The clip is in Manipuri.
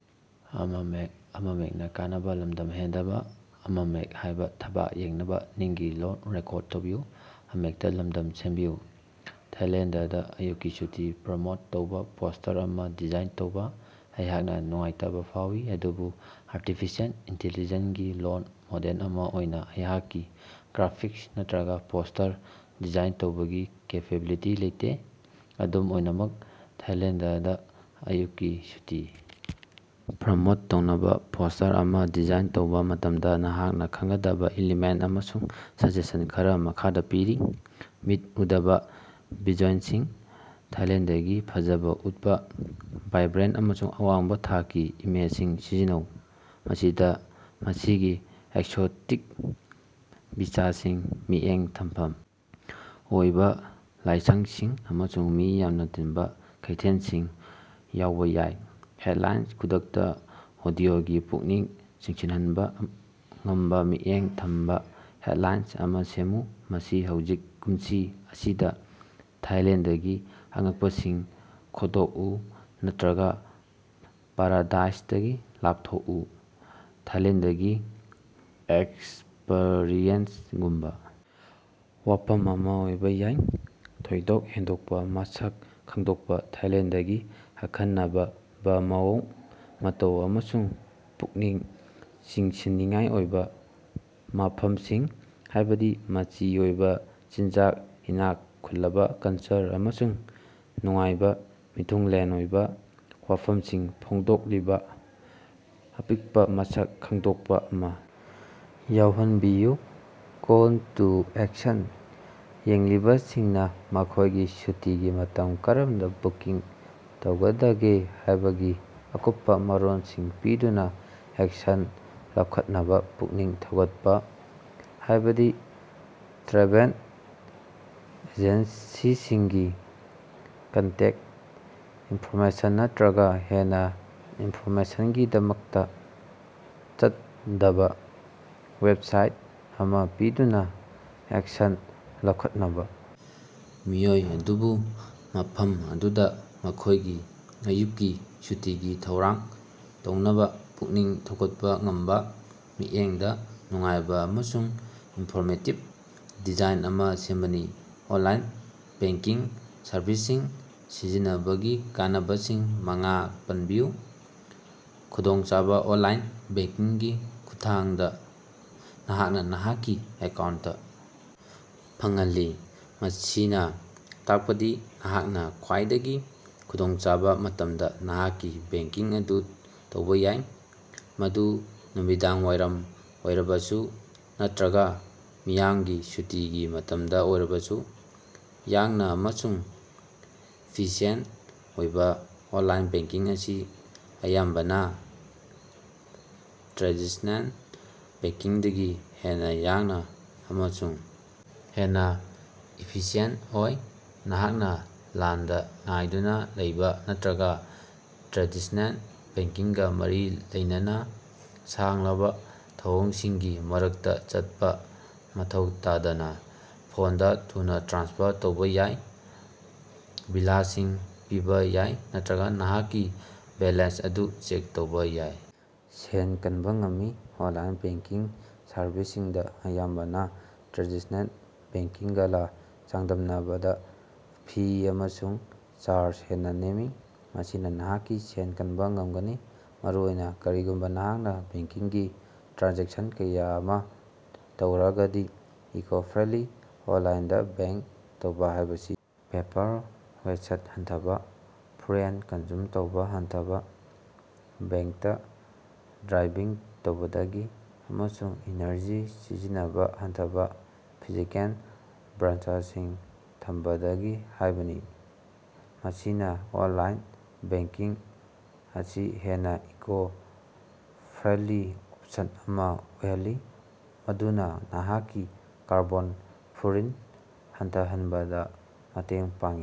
ꯊꯥꯏꯂꯦꯟꯗꯗ ꯑꯌꯨꯛꯀꯤ ꯁꯨꯇꯤ ꯄ꯭ꯔꯃꯣꯠ ꯇꯧꯕ ꯄꯣꯁ꯭ꯇꯔ ꯑꯃ ꯗꯤꯖꯥꯏꯟ ꯇꯧꯕ꯫ ꯑꯩꯍꯥꯛꯅ ꯅꯨꯡꯉꯥꯏꯇꯕ ꯐꯥꯎꯏ, ꯑꯗꯨꯕꯨ ꯑꯥꯔꯇꯤꯐꯤꯁꯤꯑꯦꯜ ꯏꯟꯇꯦꯂꯤꯖꯦꯟꯁ ꯒꯤ ꯂꯣꯜ ꯃꯣꯗꯦꯜ ꯑꯃ ꯑꯣꯏꯅ ꯑꯩꯍꯥꯛꯀꯤ ꯒ꯭ꯔꯥꯐꯤꯛꯁ ꯅꯠꯇꯔꯒ ꯄꯣꯁ꯭ꯇꯔ ꯗꯤꯖꯥꯏꯟ ꯇꯧꯕꯒꯤ ꯀꯦꯄꯦꯕꯤꯂꯤꯇꯤ ꯂꯩꯇꯦ꯫ ꯑꯗꯨꯝ ꯑꯣꯏꯅꯃꯛ, ꯊꯥꯏꯂꯦꯟꯗꯗ ꯑꯌꯨꯛꯀꯤ ꯁꯨꯇꯤ ꯄ꯭ꯔꯃꯣꯠ ꯇꯧꯅꯕ ꯄꯣꯁ꯭ꯇꯔ ꯑꯃ ꯗꯤꯖꯥꯏꯟ ꯇꯧꯕ ꯃꯇꯝꯗ ꯅꯍꯥꯛꯅ ꯈꯪꯒꯗꯕ ꯏꯂꯤꯃꯦꯟꯠ ꯑꯃꯁꯨꯡ ꯁꯖꯦꯁꯟ ꯈꯔ ꯃꯈꯥꯗ ꯄꯤꯔꯤ: ꯃꯤꯠ ꯎꯗꯕ ꯚꯤꯖꯨꯑꯦꯂꯁꯤꯡ: ꯊꯥꯏꯂꯦꯟꯗꯒꯤ ꯐꯖꯕ ꯎꯠꯄ ꯚꯥꯏꯕ꯭ꯔꯦꯟꯠ ꯑꯃꯁꯨꯡ ꯑꯋꯥꯡꯕ ꯊꯥꯛꯀꯤ ꯏꯃꯦꯖꯁꯤꯡ ꯁꯤꯖꯤꯟꯅꯧ꯫ ꯃꯁꯤꯗ ꯃꯁꯤꯒꯤ ꯑꯦꯛꯁꯣꯇꯤꯛ ꯕꯤꯆꯁꯤꯡ, ꯃꯤꯠꯌꯦꯡ ꯊꯝꯐꯝ ꯑꯣꯏꯕ ꯂꯥꯏꯁꯪꯁꯤꯡ ꯑꯃꯁꯨꯡ ꯃꯤ ꯌꯥꯝꯅ ꯇꯤꯟꯕ ꯀꯩꯊꯦꯝꯁꯤꯡ ꯌꯥꯎꯕ ꯌꯥꯏ꯫ ꯍꯦꯗꯂꯥꯏꯟ ꯈꯨꯗꯛꯇꯥ ꯑꯣꯗꯤꯑꯣꯒꯤ ꯄꯨꯛꯅꯤꯡ ꯆꯤꯡꯁꯤꯍꯟꯕ ꯉꯝꯕ ꯃꯤꯠꯌꯦꯡ ꯊꯝꯕ ꯍꯦꯗꯂꯥꯏꯟ ꯑꯃꯥ ꯁꯦꯝꯃꯨ꯫ ꯃꯁꯤ ꯍꯧꯖꯤꯛ ꯀꯨꯝꯁꯤ ꯑꯁꯤꯗ ꯊꯥꯏꯂꯦꯟꯗꯒꯤ ꯑꯉꯛꯄꯁꯤꯡ ꯈꯣꯗꯣꯛꯎ ꯅꯠꯇꯔꯒ ꯄꯥꯔꯥꯗꯥꯏꯁꯇꯒꯤ ꯂꯥꯞꯊꯣꯛꯎ ꯊꯥꯏꯂꯦꯟꯗꯒꯤ ꯑꯦꯛꯁꯄꯔꯤꯌꯦꯟꯁ ꯒꯨꯝꯕ ꯋꯥꯐꯝ ꯑꯃ ꯑꯣꯏꯕ ꯌꯥꯏ꯫ ꯊꯣꯏꯗꯣꯛ ꯍꯦꯟꯗꯣꯛꯄ ꯃꯁꯛ ꯈꯪꯗꯣꯛꯄ: ꯊꯥꯏꯂꯦꯟꯗꯒꯤ ꯑꯈꯟꯅꯕꯕꯃꯑꯣꯡ ꯃꯇꯧ ꯑꯃꯁꯨꯡ ꯄꯨꯛꯅꯤꯡ ꯆꯤꯡꯁꯤꯟꯅꯤꯡꯉꯥꯏ ꯑꯣꯏꯕ ꯃꯐꯝꯁꯤꯡ, ꯍꯥꯏꯕꯗꯤ ꯃꯆꯤ ꯑꯣꯏꯕ ꯆꯤꯟꯖꯥꯛ, ꯏꯅꯥꯛ ꯈꯨꯜꯂꯕ ꯀꯜꯆꯔ, ꯑꯃꯁꯨꯡ ꯅꯨꯡꯉꯥꯏꯕ ꯃꯤꯊꯨꯡꯂꯦꯟ ꯑꯣꯏꯕ ꯋꯥꯐꯝꯁꯤꯡ ꯐꯣꯡꯗꯣꯛꯂꯤꯕ ꯑꯄꯤꯛꯄ ꯃꯁꯛ ꯈꯪꯗꯣꯛꯄ ꯑꯃ ꯌꯥꯎꯍꯟꯕꯤꯌꯨ꯫ ꯀꯣꯜ ꯇꯨ ꯑꯦꯛꯁꯟ: ꯌꯦꯡꯂꯤꯕꯁꯤꯡꯅ ꯃꯈꯣꯏꯒꯤ ꯁꯨꯇꯤꯒꯤ ꯃꯇꯝ ꯀꯔꯝꯅ ꯕꯨꯀꯤꯡ ꯇꯧꯒꯗꯒꯦ ꯍꯥꯏꯕꯒꯤ ꯑꯀꯨꯞꯄ ꯃꯔꯣꯜꯁꯤꯡ ꯄꯤꯗꯨꯅ ꯑꯦꯛꯁꯟ ꯂꯧꯈꯠꯅꯕ ꯄꯨꯛꯅꯤꯡ ꯊꯧꯒꯠꯄ, ꯍꯥꯏꯕꯗꯤ ꯇ꯭ꯔꯦꯚꯦꯜ ꯑꯦꯖꯦꯟꯁꯤꯁꯤꯡꯒꯤ ꯀꯟꯇꯦꯛ ꯏꯟꯐꯣꯔꯃꯦꯁꯟ ꯅꯠꯇꯔꯒꯥ ꯍꯦꯟꯅ ꯏꯟꯐꯣꯔꯃꯦꯁꯟꯒꯤꯗꯃꯛꯇ ꯆꯠꯛꯗꯕ ꯋꯦꯕꯁꯥꯏꯠ ꯑꯃꯥ ꯄꯤꯗꯨꯅ ꯑꯦꯛꯁꯟ ꯂꯧꯈꯠꯅꯕ ꯃꯤꯑꯣꯏ ꯑꯗꯨꯕꯨ ꯃꯐꯝ ꯑꯗꯨꯗꯥ ꯃꯈꯣꯏꯒꯤ ꯑꯌꯨꯛꯀꯤ ꯁꯨꯇꯤꯒꯤ ꯊꯧꯔꯥꯡ ꯇꯧꯅꯕ ꯄꯨꯛꯅꯤꯡ ꯊꯧꯒꯠꯄ ꯉꯝꯕ ꯃꯤꯠꯌꯦꯡꯗ ꯅꯨꯡꯉꯥꯏꯕ ꯑꯃꯁꯨꯡ ꯏꯟꯐꯣꯔꯃꯦꯇꯤꯕ ꯗꯤꯖꯥꯏꯟ ꯑꯃ ꯁꯦꯝꯕꯅꯤ꯫ ꯑꯣꯟꯂꯥꯏꯟ ꯕꯦꯡꯀꯤꯡ ꯁꯔꯚꯤꯁꯁꯤꯡ ꯁꯤꯖꯤꯟꯅꯕꯒꯤ ꯀꯥꯟꯅꯕꯁꯤꯡ ꯃꯉꯥ ꯄꯟꯕꯤꯌꯨ꯫ ꯈꯨꯗꯣꯡꯆꯥꯕꯥ ꯑꯣꯟꯂꯥꯏꯟ ꯕꯦꯡꯀꯤꯡꯒꯤ ꯈꯨꯠꯊꯥꯡꯗ, ꯅꯍꯥꯛꯅ ꯅꯍꯥꯛꯀꯤ ꯑꯦꯀꯥꯎꯟꯠꯇ ꯐꯪꯍꯜꯂꯤ꯫ ꯃꯁꯤꯅꯥ ꯇꯥꯛꯄꯗꯤ ꯅꯍꯥꯛꯅ ꯈ꯭ꯋꯥꯏꯗꯒꯤ ꯈꯨꯗꯣꯡꯆꯥꯕ ꯃꯇꯝꯗ ꯅꯍꯥꯛꯀꯤ ꯕꯦꯡꯀꯤꯡ ꯑꯗꯨ ꯇꯧꯕ ꯌꯥꯏ, ꯃꯗꯨ ꯅꯨꯃꯤꯗꯥꯡꯋꯥꯏꯔꯝ ꯑꯣꯏꯔꯕꯁꯨ ꯅꯠꯇꯔꯒ ꯃꯤꯌꯥꯝꯒꯤ ꯁꯨꯇꯤꯒꯤ ꯃꯇꯝꯗ ꯑꯣꯏꯔꯕꯁꯨ꯫ ꯌꯥꯡꯅ ꯑꯃꯁꯨꯡ ꯏꯐꯤꯁꯤꯑꯦꯟꯠ ꯑꯣꯏꯕꯥ: ꯑꯣꯟꯂꯥꯏꯟ ꯕꯦꯡꯀꯤꯡ ꯑꯁꯤ ꯑꯌꯥꯝꯕꯅ ꯇ꯭ꯔꯦꯗꯤꯁꯅꯦꯜ ꯕꯦꯡꯀꯤꯡꯗꯒꯤ ꯍꯦꯟꯅ ꯌꯥꯡꯅ ꯑꯃꯁꯨꯡ ꯍꯦꯟꯅ ꯏꯐꯤꯁꯤꯑꯦꯟꯠ ꯑꯣꯏ꯫ ꯅꯍꯥꯛꯅ ꯂꯥꯏꯟꯗ ꯉꯥꯏꯗꯨꯅ ꯂꯩꯕ ꯅꯠꯇꯔꯒ ꯇ꯭ꯔꯦꯗꯤꯁꯅꯦꯜ ꯕꯦꯡꯀꯤꯡꯒ ꯃꯔꯤ ꯂꯩꯅꯕ ꯁꯥꯡꯂꯕ ꯊꯧꯑꯣꯡꯁꯤꯡꯒꯤ ꯃꯔꯛꯇ ꯆꯠꯄ ꯃꯊꯧ ꯇꯥꯗꯅ ꯐꯣꯟꯗ ꯊꯨꯅ ꯇ꯭ꯔꯥꯟꯁꯐꯔ ꯇꯧꯕꯥ ꯌꯥꯏ, ꯕꯤꯂꯁꯤꯡ ꯄꯤꯕ ꯌꯥꯏ ꯅꯠꯇꯔꯒ ꯅꯍꯥꯛꯀꯤ ꯕꯦꯂꯦꯟꯁ ꯑꯗꯨ ꯆꯦꯛ ꯇꯧꯕ ꯌꯥꯏ꯫ ꯁꯦꯟ ꯀꯟꯕ ꯉꯝꯃꯤ: ꯑꯣꯟꯂꯥꯏꯟ ꯕꯦꯡꯀꯤꯡ ꯁꯔꯚꯤꯁꯁꯤꯡꯗ ꯑꯌꯥꯝꯕꯅ ꯇ꯭ꯔꯦꯗꯤꯁꯅꯦꯜ ꯕꯦꯡꯀꯤꯡꯒꯥꯂ ꯆꯥꯡꯗꯝꯅꯕꯗ ꯐꯤ ꯑꯃꯁꯨꯡ ꯆꯥꯔꯖ ꯍꯦꯟꯅ ꯅꯦꯝꯃꯤ꯫ ꯃꯁꯤꯅ ꯅꯍꯥꯛꯀꯤ ꯁꯦꯟ ꯀꯟꯕ ꯉꯝꯒꯅꯤ, ꯃꯔꯨꯑꯣꯏꯅ ꯀꯔꯤꯒꯨꯝꯕ ꯅꯍꯥꯛꯅ ꯕꯦꯡꯀꯤꯡꯒꯤ ꯇ꯭ꯔꯥꯟꯖꯦꯛꯁꯟ ꯀꯌ ꯑꯃ ꯇꯧꯔꯕꯗꯤ꯫ ꯏꯀꯣ-ꯐ꯭ꯔꯦꯟꯗꯂꯤ: ꯑꯣꯟꯂꯥꯏꯟꯗꯥ ꯕꯦꯡꯛ ꯇꯧꯕ ꯍꯥꯏꯕꯁꯤ ꯄꯦꯄꯔ ꯋꯦꯁ꯭ꯠ ꯍꯟꯊꯕ, ꯐ꯭ꯌꯨꯑꯦꯜ ꯀꯟꯖꯨꯝ ꯇꯧꯕ ꯍꯟꯊꯕ (ꯕꯦꯡꯀꯇ ꯗ꯭ꯔꯥꯏꯚꯤꯡ ꯇꯧꯕꯗꯒꯤ), ꯑꯃꯁꯨꯡ ꯏꯅꯔꯖꯤ ꯁꯤꯖꯤꯟꯅꯕ ꯍꯟꯊꯕ (ꯐꯤꯖꯤꯀꯦꯜ ꯕ꯭ꯔꯥꯟꯆꯁꯤꯡ ꯊꯝꯕꯗꯒꯤ) ꯍꯥꯏꯕꯅꯤ꯫ ꯃꯁꯤꯅꯥ ꯑꯣꯟꯂꯥꯏꯟ ꯕꯦꯡꯀꯤꯡ ꯑꯁꯤ ꯍꯦꯟꯅ ꯏꯀꯣ-ꯐ꯭ꯔꯦꯟꯗꯂꯤ ꯑꯣꯞꯁꯟ ꯑꯃ ꯑꯣꯏꯍꯜꯂꯤ ꯃꯗꯨꯅ ꯅꯍꯥꯛꯀꯤ ꯀꯥꯔꯕꯣꯟ ꯐꯨꯠꯞꯔꯤꯟꯠ ꯍꯟꯊꯍꯟꯕꯗ ꯃꯇꯦꯡ ꯄꯥꯡꯏ꯫